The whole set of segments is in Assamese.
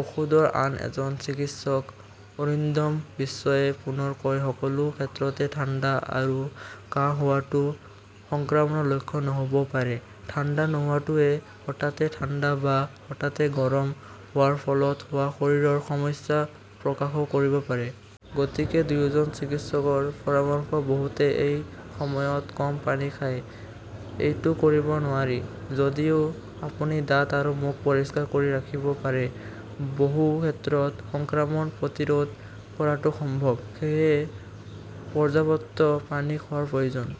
ঔষধৰ আন এজন চিকিৎসক অৰিন্দম বিশ্বাসে পুনৰ কয় সকলো ক্ষেত্ৰতে ঠাণ্ডা আৰু কাহ হোৱাটো সংক্ৰমণৰ লক্ষণ নহ'বও পাৰে। ঠাণ্ডা হোৱাটোৱে হঠাতে ঠাণ্ডা বা হঠাতে গৰম হোৱাৰ ফলত হোৱা শৰীৰৰ সমস্যাৰ প্ৰকাশও কৰিব পাৰে। গতিকে দুয়োজন চিকিৎসকৰ পৰামৰ্শ বহুতে এই সময়ত কম পানী খায়। এইটো কৰিব নোৱাৰি। যদিও আপুনি দাঁত আৰু মুখ পৰিষ্কাৰ কৰি ৰাখিব পাৰে, বহু ক্ষেত্ৰত সংক্ৰমণ প্ৰতিৰোধ কৰাটো সম্ভৱ। সেয়েহে পৰ্যাপ্ত পানী খোৱাৰ প্ৰয়োজন।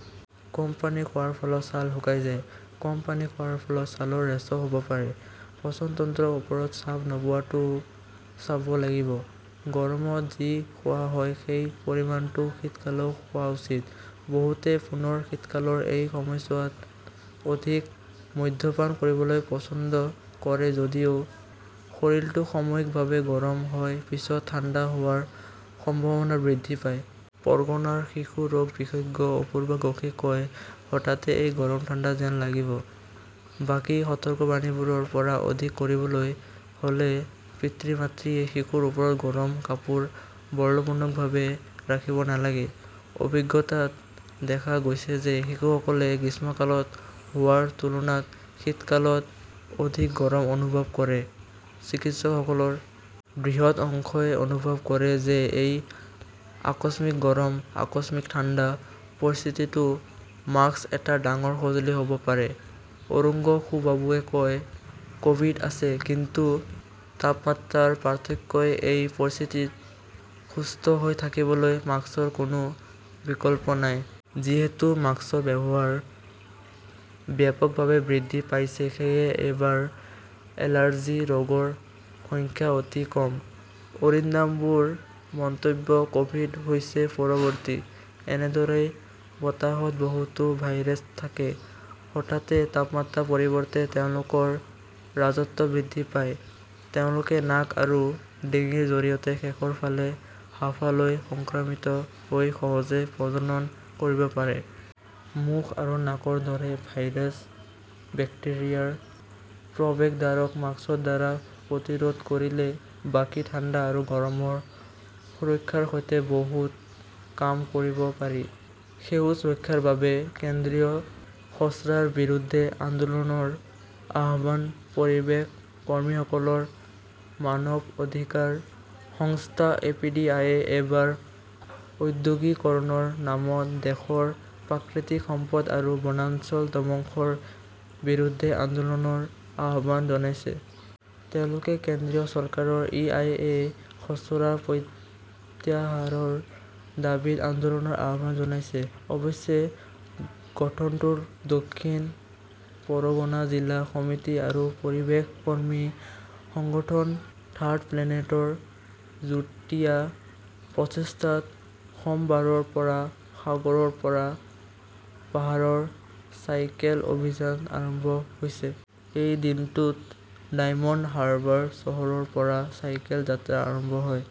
কম পানী খোৱাৰ ফলত ছাল শুকাই যায়। কম পানী খোৱাৰ ফলত ছালৰ ৰেচও হ'ব পাৰে। পাচন তন্ত্ৰৰ ওপৰত চাপ নপৰাটোও চাব লাগিব। গৰমত যি খোৱা হয় সেই পৰিমাণটো শীতকালতও খোৱা উচিত। বহুতে পুনৰ শীতকালৰ এই সময়ছোৱাত অধিক মদ্যপান কৰিবলৈ পছন্দ কৰে যদিও শৰীৰটো সাময়িকভাৱে গৰম হয় পিছত ঠাণ্ডা হোৱাৰ সম্ভাৱনা বৃদ্ধি পায়। পৰ্গনাৰ শিশু ৰোগ বিশেষজ্ঞ অপূৰ্বা ঘোষে কয়, হঠাতে এই গৰম-ঠাণ্ডা যেন লাগিব। বাকী সতৰ্কবাণীবোৰৰ পৰা অধিক ক'বলৈ হ'লে পিতৃ-মাতৃয়ে শিশুৰ ওপৰত গৰম কাপোৰ বলপূৰ্বকভাৱে ৰাখিব নালাগে। অভিজ্ঞতাত দেখা গৈছে যে শিশুসকলে গ্ৰীষ্মকালত হোৱাৰ তুলনাত শীতকালত অধিক গৰম অনুভৱ কৰে। চিকিৎসকসকলৰ বৃহৎ অংশই অনুভৱ কৰে যে এই আকস্মিক গৰম, আকস্মিক ঠাণ্ডা, পৰিস্থিতিতো মাস্ক এটা ডাঙৰ সঁজুলি হ'ব পাৰে। অৰুংশুবাবুৱে কয়, ক'ভিড আছে। কিন্তু তাপমাত্ৰাৰ পাৰ্থক্যৰ এই পৰিস্থিতিত সুস্থ হৈ থাকিবলৈ মাস্কৰ কোনো বিকল্প নাই। যিহেতু মাস্কৰ ব্যৱহাৰ ব্যাপকভাৱে বৃদ্ধি পাইছে, সেয়েহে এইবাৰ এলাৰ্জি ৰোগৰ সংখ্যা অতি কম। অৰিন্দাম্বুৰ মন্তব্য ক'ভিড হৈছে পৰৱৰ্তী। এনেদৰেই বতাহত বহুতো ভাইৰাছ থাকে। হঠাতে তাপমাত্ৰাৰ পৰিৱৰ্তে তেওঁলোকৰ ৰাজত্ব বৃদ্ধি পায় ,তেওঁলোকে নাক আৰু ডিঙিৰ জৰিয়তে শেষৰ ফালে হাঁওফাঁওলৈ সংক্ৰমিত হৈ সহজে প্ৰজনন কৰিব পাৰে। মুখ আৰু নাকৰ দৰে ভাইৰাছ-বেক্টেৰিয়াৰ প্ৰৱেশদ্বাৰক মাস্কৰ দ্বাৰা প্ৰতিৰোধ কৰিলে বাকী ঠাণ্ডা আৰু গৰমৰ সুৰক্ষাৰ সৈতে বহুত কাম কৰিব পাৰি। সেউজ ৰক্ষাৰ বাবে কেন্দ্ৰীয় খচৰাৰ বিৰুদ্ধে আন্দোলনৰ আহ্বান পৰিৱেশ কৰ্মীসকলৰ মানৱ অধিকাৰ সংস্থা এপিডিআৰে এইবাৰ ঔদ্যোগিকৰণৰ নামত দেশৰ প্ৰাকৃতিক সম্পদ আৰু বনাঞ্চল ধ্বংসৰ বিৰুদ্ধে আন্দোলনৰ আহ্বান জনাইছে। তেওঁলোকে কেন্দ্ৰীয় চৰকাৰৰ ই.আই.এ .খচৰা প্ৰত্যাহাৰৰ দাবীত আন্দোলনৰ আহ্বান জনাইছে। অৱশ্যে সংগঠনটোৰ দক্ষিণ পৰগনা জিলা সমিতি আৰু পৰিৱেশ কৰ্মী সংগঠন থাৰ্ড প্লেনেটৰ যুটীয়া প্ৰচেষ্টাত সোমবাৰৰ পৰা সাগৰৰ পৰা পাহাৰৰ চাইকেল অভিযান আৰম্ভ হৈছে। এই দিনটোত ডায়মণ্ড হাৰ্বাৰ চহৰৰ পৰা চাইকেল যাত্ৰা আৰম্ভ হয়।